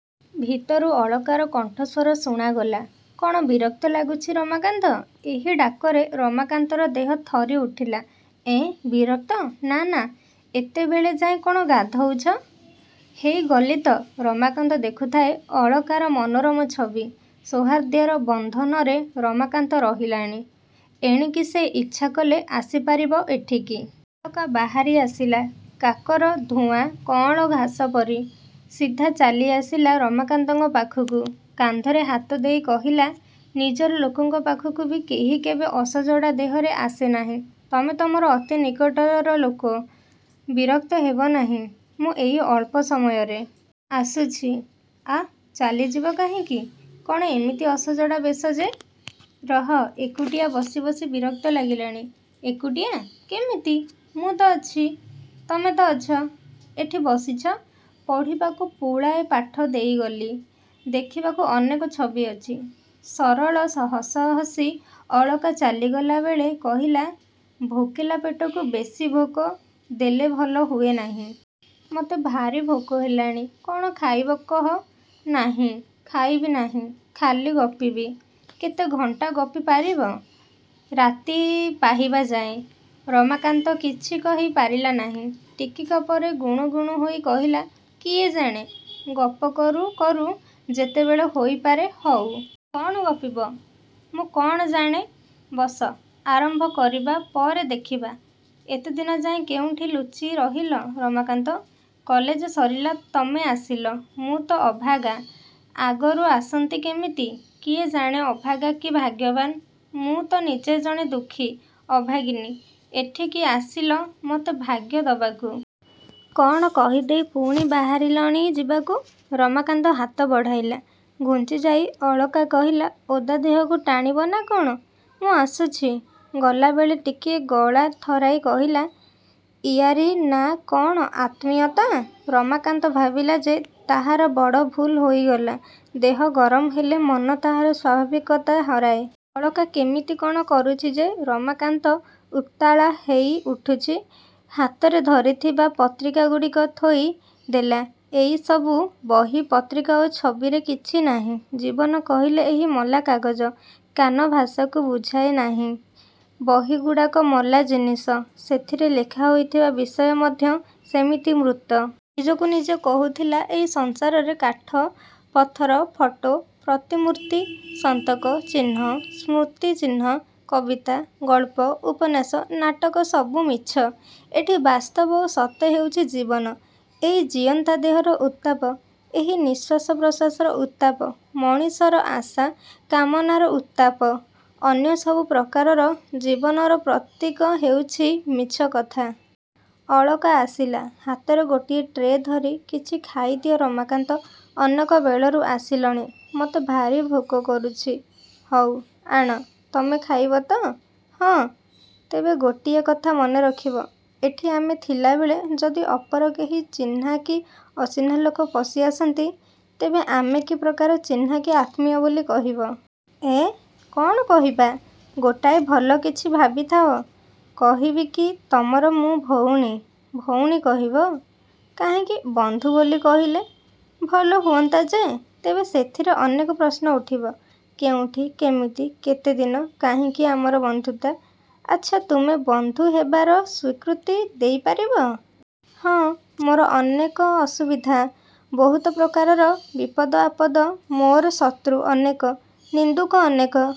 ଭିତରୁ ଅଳକାର କଣ୍ଠସ୍ୱର ଶୁଣାଗଲା, କ'ଣ ବିରକ୍ତ ଲାଗୁଛି–ରମାକାନ୍ତ? ଏହି ଡାକରେ ରମାକାନ୍ତର ଦେହ ଥରି ଉଠିଲା–ଏଁ ବିରକ୍ତ? –ନା–ନା। ଏତେବେଳେ ଯାଏ କ'ଣ ଗାଧଉଛ? –ହେଇ ଗଲି ତ। ରମାକାନ୍ତ ଦେଖୁଥାଏ ଅଳକାର ମନୋରମ ଛବି। ସୌହାର୍ଦ୍ଦ୍ୟର ବନ୍ଧନରେ ରମାକାନ୍ତ ରହିଲାଣି। ଏଣିକି ସେ ଇଚ୍ଛାକଲେ ଆସିପାରିବ ଏଠିକି। ଅଳକା ବାହାରି ଆସିଲା–କାକର–ଧୂଆ କଅଁଳ ଘାସପରି। ସିଧା ଚାଲିଆସିଲା ରମାକାନ୍ତ ପାଖକୁ। କାନ୍ଧରେ ହାତ ଦେଇ କହିଲା–ନିଜର ଲୋକଙ୍କ ପାଖକୁ ବି କେହି କେବେ ଅସଜଡ଼ା ଦେହରେ ଆସେ ନାହିଁ। ତମେ ତ ମୋର ଅତି ନିକଟର ଲୋକ।... ବିରକ୍ତ ହେବନାହିଁ।... ମୁଁ ଏଇ ଅଳ୍ପ ସମୟରେ। ଆସୁଛି।... ଆଃ, ଚାଲିଯିବ କାହିଁକି? କ'ଣ ଏମିତି ଅସଜଡ଼ା ବେଶ ଯେ। ରହ–ଏକୁଟିଆ ବସି ବସି ବିରକ୍ତ ଲାଗିଲାଣି। –ଏକୁଟିଆ? କେମିତି? ମୁଁ ତ ଅଛି। ତମେ ତ ଅଛ। ଏଠି ବସିଛ–ପଢ଼ିବାକୁ ପୁଳାଏ ପାଠ ଦେଇଗଲି। ଦେଖିବାକୁ ଅନେକ ଛବି ଅଛି। ସରଳ ହସ ହସି ଅଳକା ଚାଲିଗଲା ବେଳେ କହିଲା–ଭୋକିଲା ପେଟକୁ ବେଶି ଭୋକ ଦେଲେ ଭଲ ହୁଏ ନାହିଁ। ମତେ ଭାରି ଭୋକ ହେଲାଣି। କ'ଣ ଖାଇବ କହ? –ନାହିଁ। ଖାଇବି ନାହିଁ। ଖାଲି ଗପିବି। –କେତେ ଘଣ୍ଟା ଗପି ପାରିବ? –ରାତି ପାହିବା ଯାଏ–? ରମାକାନ୍ତ କିଛି କହି ପାରିଲା ନାହିଁ। ଟିକକ ପରେ ଗୁଣୁ ଗୁଣୁ ହୋଇ କହିଲା–କିଏ ଜାଣେ? ଗପ କରୁ କରୁ ଯେତେବେଳ ହୋଇପାରେ–ହଉ। –କ'ଣ ଗପିବ? –ମୁଁ କ'ଣ ଜାଣେ? ବସ–ଆରମ୍ଭ କରିବା ପରେ ଦେଖିବା। –ଏତେଦିନ ଯାଏ କେଉଁଠି ଲୁଚି ରହିଲ ରମାକାନ୍ତ? କଲେଜ ସରିଲା ତମେ ଆସିଲ। –ମୁଁ ତ ଅଭାଗା। ଆଗରୁ ଆସନ୍ତି କେମିତି? –କିଏ ଜାଣେ ଅଭାଗା କି ଭାଗ୍ୟବାନ୍। ମୁଁ ତ ନିଜେ ଜଣେ ଦୁଃଖୀ, ଅଭାଗିନୀ–ଏଠିକି ଆସିଲ ମତେ ଭାଗ୍ୟ ଦବାକୁ। –କ'ଣ କହିଦେଇ ପୁଣି ବାହାରିଲଣି ଯିବାକୁ। –ରମାକାନ୍ତ ହାତ ବଢ଼ାଇଲା। ଘୁଞ୍ଚିଯାଇ ଅଳକା କହିଲା–ଓଦା ଦେହକୁ ଟାଣିବ ନା କ'ଣ?... ମୁଁ ଆସୁଛି।... ଗଲାବେଳେ ଟିକିଏ ଗଳା ଥରାଇ କହିଲା–ଇଆରି ନା' କ'ଣ ଆତ୍ମୀୟତା? ରମାକାନ୍ତ ଭାବିଲା ଯେ ତାହାର ବଡ଼ ଭୁଲ୍ ହୋଇଗଲା। ଦେହ ଗରମ ହେଲେ ମନ ତାହାର ସ୍ୱାଭାବିକତା ହରାଏ। ଅଳକା କେମିତି କ'ଣ କରୁଛି ଯେ ରମାକାନ୍ତ ଉତ୍ତାଳା ହେଇ ଉଠୁଛି-। ହାତରେ ଧରିଥିବା ପତ୍ରିକାଗୁଡ଼ିକୁ ଥୋଇ ଦେଲା–ଏଇସବୁ ବହି ପତ୍ରିକା ଓ ଛବିରେ କିଛି ନାହିଁ। ଜୀବନ କହିଲେ ଏହି ମଲାକାଗଜ କାନଭାସକୁ ବୁଝାଏ ନାହିଁ। ବହିଗୁଡ଼ାକ ମଲା ଜିନିଷ। ସେଥିରେ ଲେଖା ହୋଇଥିବା ବିଷୟ ମଧ୍ୟ ସେମିତି ମୃତ। ନିଜକୁ ନିଜେ କହୁଥିଲା–ଏଇ ସଂସାରରେ କାଠ, ପଥର, ଫଟୋ, ପ୍ରତିମୂର୍ତ୍ତି, ସନ୍ତକ, ଚିହ୍ନ, ସ୍ମୃତିଚିହ୍ନ–କବିତା, ଗଳ୍ପ, ଉପନ୍ୟାସ, ନାଟକ–ସବୁ ମିଛ। ଏଠି ବାସ୍ତବ ଓ ସତ ହେଉଛି ଜୀବନ–ଏଇ ଜୀଅନ୍ତା ଦେହର ଉତ୍ତାପ। ଏହି ନିଶ୍ୱାସ ପ୍ରଶ୍ୱାସର ଉତ୍ତାପ। ମଣିଷର ଆଶା, କାମନାର ଉତ୍ତାପ। ଅନ୍ୟ ସବୁ ପ୍ରକାରର ଜୀବନର ପ୍ରତୀକ ହେଉଛି ମିଛ କଥା। ଅଳକା ଆସିଲା ହାତରେ ଗୋଟିଏ ଟ୍ରେ ଧରି–କିଛି ଖାଇଦିଅ ରମାକାନ୍ତ, ଅନେକ ବେଳରୁ ଆସିଲଣି–ମତେ ଭାରି ଭୋକ କରୁଛି। –ହଉ। ଆଣ। ତମେ ଖାଇବ ତ। –ହଁ। ତେବେ ଗୋଟିଏ କଥା ମନେ ରଖିବ। ଏଠି ଆମେ ଥିଲାବେଳେ ଯଦି ଅପର କେହି ଚିହ୍ନା କି ଅଚିହ୍ନା ଲୋକ ପଶିଆସନ୍ତି ତେବେ ଆମେ କି ପ୍ରକାର ଚିହ୍ନା କି ଆତ୍ମୀୟ ବୋଲି କହିବ? –ଏଁ? କ'ଣ କହିବା? –ଗୋଟାଏ ଭଲ କିଛି ଭାବିଥାଅ।... କହିବି କି ତମର ମୁଁ ଭଉଣୀ? –ଭଉଣୀ କହିବ? –କାହିଁକି ବନ୍ଧୁ ବୋଲି କହିଲେ? –ଭଲ ହୁଅନ୍ତା ଯେ। ତେବେ ସେଥିରେ ଅନେକ ପ୍ରଶ୍ନ ଉଠିବ–କେଉଁଠି, କେମିତି, କେତେଦିନ, କାହିଁକି ଆମର ବନ୍ଧୁତା?... ଆଚ୍ଛା ତୁମେ ବନ୍ଧୁ ହେବାର ସ୍ୱୀକୃତି ଦେଇପାରିବ? –ହଁ। –ମୋର ଅନେକ ଅସୁବିଧା। ବହୁତ ପ୍ରକାରର ବିପଦ–ଆପଦ ମୋର ଶତ୍ରୁ ଅନେକ। ନିନ୍ଦୁକ ଅନେକ।